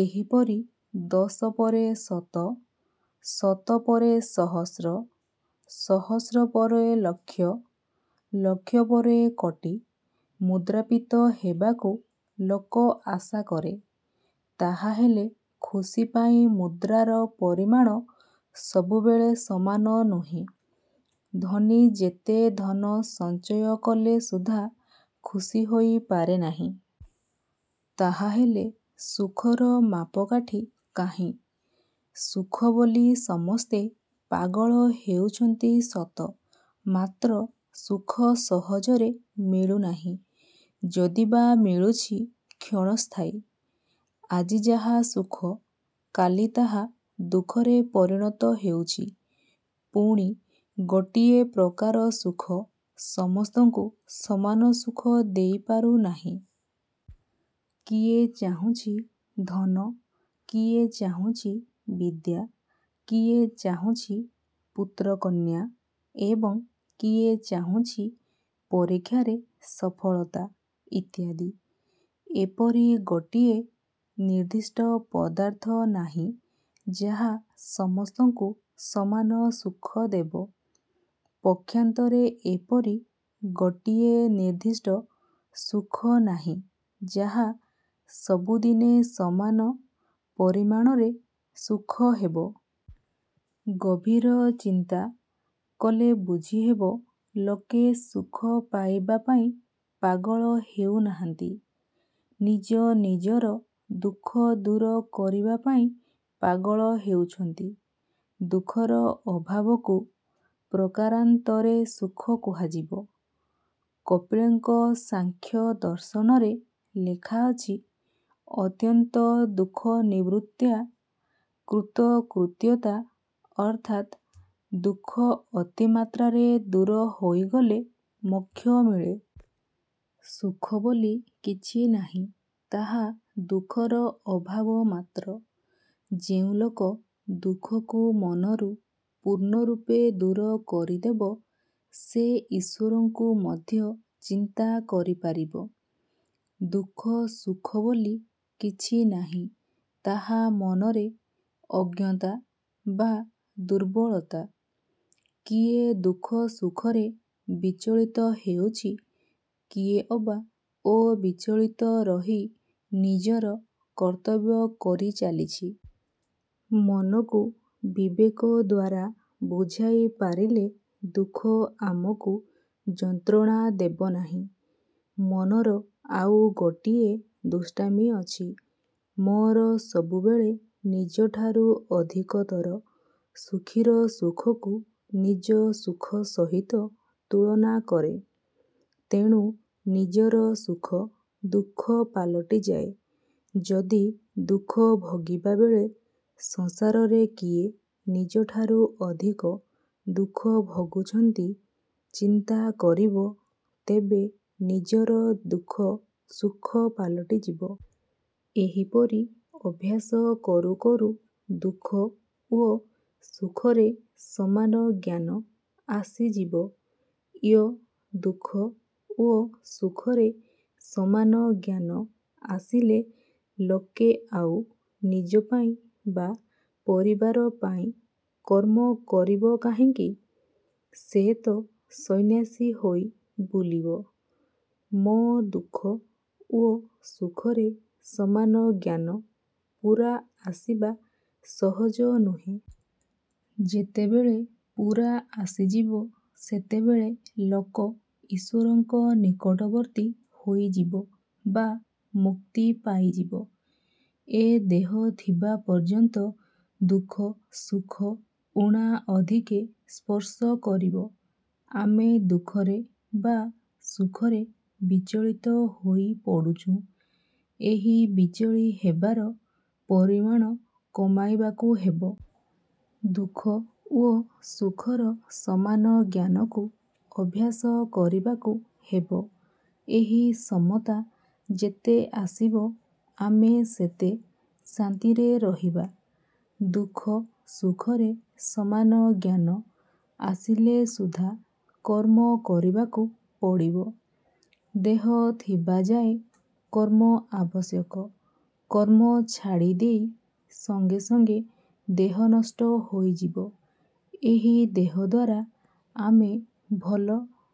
ଏହିପରି ଦଶ ପରେ ଶତ, ଶତ ପରେ ସହସ୍ର, ସହସ୍ର ପରେ ଲକ୍ଷ, ଲକ୍ଷ ପରେ କୋଟି ମୁଦ୍ରାପତି ହେବାକୁ ଲୋକ ଆଶା କରେ। ତାହାହେଲେ ଖୁସି ପାଇଁ ମୁଦ୍ରାର ପରିମାଣ ସବୁବେଳେ ସମାନ ନୁହେଁ। ଧନୀ ଯେତେ ଧନ ସଞ୍ଚୟ କଲେ ସୁଦ୍ଧା ଖୁସି ହୋଇପାରେ ନାହିଁ। ତାହାହେଲେ। ସୁଖର ମାପକାଠି କାହିଁ? ସୁଖ। ବୋଲି ସମସ୍ତେ ପାଗଳ ହେଉଛନ୍ତି ସତ ମାତ୍ର ସୁଖ ସହଜରେ ମିଳୁନାହିଁ। ଯଦିବା ମିଳୁଛି, କ୍ଷଣସ୍ଥାୟୀ। ଆଜି ଯାହା ସୁଖ କାଲି ତାହା ଦୁଃଖରେ ପରିଣତ ହେଉଛି। ପୁଣି ଗୋଟିଏ ପ୍ରକାର ସୁଖ ସମସ୍ତଙ୍କୁ ସମାନ ସୁଖ ଦେଇପାରୁ ନାହିଁ-। କିଏ ଚାହୁଁଛି ଧନ, କିଏ ଚାହୁଁଛି ବିଦ୍ୟା, କିଏ ଚାହୁଁଛି ପୁତ୍ରକନ୍ୟା ଏବଂ କିଏ ଚାହୁଁଛି ପରୀକ୍ଷାରେ ସଫଳତା ଇତ୍ୟାଦି। ଏପରି ଗୋଟିଏ ନିର୍ଦ୍ଦିଷ୍ଟ ପଦାର୍ଥ ନାହିଁ, ଯାହା ସମସ୍ତଙ୍କୁ ସମାନ ସୁଖ ଦେବ। ପକ୍ଷାନ୍ତରେ ଏପରି ଗୋଟିଏ ନିର୍ଦ୍ଦିଷ୍ଟ ସୁଖ ନାହିଁ ଯାହା ସବୁଦିନେ ସମାନ ପରିଣାମରେ ସୁଖ ହେବ-। ଗଭୀର ଚିନ୍ତା କଲେ ବୁଝିହେବ, ଲୋକେ ସୁଖ ପାଇବା ପାଇଁ ପାଗଳ ହେଉ ନାହାନ୍ତି; ନିଜ ନିଜର ଦୁଃଖ ଦୂର କରିବା ପାଇଁ ପାଗଳ ହେଉଛନ୍ତି। ଦୁଃଖର ଅଭାବକୁ ପ୍ରକାରାନ୍ତରେ ସୁଖ କୁହାଯିବ। କପିଳଙ୍କ ସାଂଖ୍ୟ ଦର୍ଶନରେ ଲେଖାଅଛି, ଅତ୍ୟନ୍ତ ଦୁଃଖନିବୃତ୍ତ୍ୟା କୃତକୃତ୍ୟତା। ଅର୍ଥାତ୍ ଦୁଃଖ ଅତିମାତ୍ରାରେ ଦୂର ହୋଇଗଲେ ମୋକ୍ଷ ମିଳେ। "ସୁଖ ବୋଲି କିଛି ନାହିଁ, ତାହା ଦୁଃଖର ଅଭାବ ମାତ୍ର। " ଯେଉଁ ଲୋକ ଦୁଃଖକୁ ମନରୁ ପୂର୍ଣ୍ଣରୂପେ ଦୂର କରିଦେବ, ସେ ଈଶ୍ଵରଙ୍କୁ ମଧ୍ୟ ଚିନ୍ତା କରିପାରିବ। ଦୁଃଖ ସୁଖ ବୋଲି କିଛି ନାହିଁ, ତାହା ମନରେ ଅଜ୍ଞତା ବା ଦୁର୍ବଳତା। କିଏ ଦୁଃଖ ସୁଖରେ ବିଚଳିତ ହେଉଛି, କିଏ ଅବା ଅବିଚଳିତ ରହି ନିଜର କର୍ତ୍ତବ୍ୟ କରି ଚାଲିଛି। ମନକୁ ବିବେକ ଦ୍ଵାରା ବୁଝାଇ ପାରିଲେ ଦୁଃଖ ଆମକୁ ଯନ୍ତ୍ରଣା ଦେବ ନାହିଁ। ମନର ଆଉ ଗୋଟିଏ ଦୁଷ୍ଟାମି ଅଛି। ମୋର ସବୁବେଳେ ନିଜଠାରୁ ଅଧିକତର ସୁଖୀର ସୁଖକୁ ନିଜ ସୁଖ ସହିତ ତୁଳନା କରେ। ତେଣୁ ନିଜର ସୁଖ ଦୁଃଖ ପାଲଟିଯାଏ। ଯଦି ଦୁଃଖ ଭୋଗିବାବେଳେ ସଂସାରରେ କିଏ ନିଜଠାରୁ ଅଧିକ ଦୁଃଖ ଭୋଗୁଛନ୍ତି, ଚିନ୍ତା କରିବ; ତେବେ ନିଜର ଦୁଃଖ ସୁଖ ପାଲଟିଯିବ। ଏହିପରି ଅଭ୍ୟାସ କରୁ କରୁ ଦୁଃଖ ଓ ସୁଖରେ ସମାନ ଜ୍ଞାନ ଆସିଯିବ। ୟ-ଦୁଃଖ ଓ ସୁଖରେ ସମାନ ଜ୍ଞାନ ଆସିଲେ ଲୋକ ଆଉ ନିଜ ପାଇଁ ବା ପରିବାର ପାଇଁ କର୍ମ କରିବ କାହିଁକି? ସେ ତ ସନ୍ନ୍ୟାସୀ ହୋଇ ବୁଲିବ। ମ-ଦୁଃଖ ଓ ସୁଖରେ ସମାନ ଜ୍ଞାନ ପୂରା ଆସିବା ସହଜ ନୁହେଁ। ଯେତେବେଳେ ପୂରା ଆସିଯିବ, ସେତେବେଳେ ଲୋକ ଈଶ୍ଵରଙ୍କ ନିକଟବର୍ତ୍ତୀ ହୋଇଯିବ ବା ମୁକ୍ତି ପାଇଯିବ। ଏ ଦେହ ଥିବା ପର୍ଯ୍ୟନ୍ତ ଦୁଃଖ ସୁଖ ଊଣାଅଧିକେ ସ୍ପର୍ଶ କରିବ। ଆମେ ଦୁଃଖରେ ବା ସୁଖରେ ବିଚଳିତ ହୋଇ ପଡ଼ୁଛୁଁ। ଏହି ବିଚଳି ହେବାର ପରିମାଣ କମାଇବାକୁ ହେବ। ଦୁଃଖ ଓ ସୁଖର ସମାନ ଜ୍ଞାନକୁ ଅଭ୍ୟାସ କରିବାକୁ ହେବ। ଏହି ସମତା ଯେତେ ଆସିବ ଆମେ ସେତେ ଶାନ୍ତିରେ ରହିବା। ଦୁଃଖ ସୁଖରେ ସମାନ ଜ୍ଞାନ ଆସିଲେ ସୁଦ୍ଧା କର୍ମ କରିବାକୁ ପଡ଼ିବ। ଦେହ ଥିବା ଯାଏ କର୍ମ ଆବଶ୍ୟକ। କର୍ମ ଛାଡ଼ି ଦେଇ ସଙ୍ଗେ ସଙ୍ଗେ ଦେହ ନଷ୍ଟ ହୋଇଯିବ। ଏହି ଦେହଦ୍ୱାରା ଆମେ ଭଲ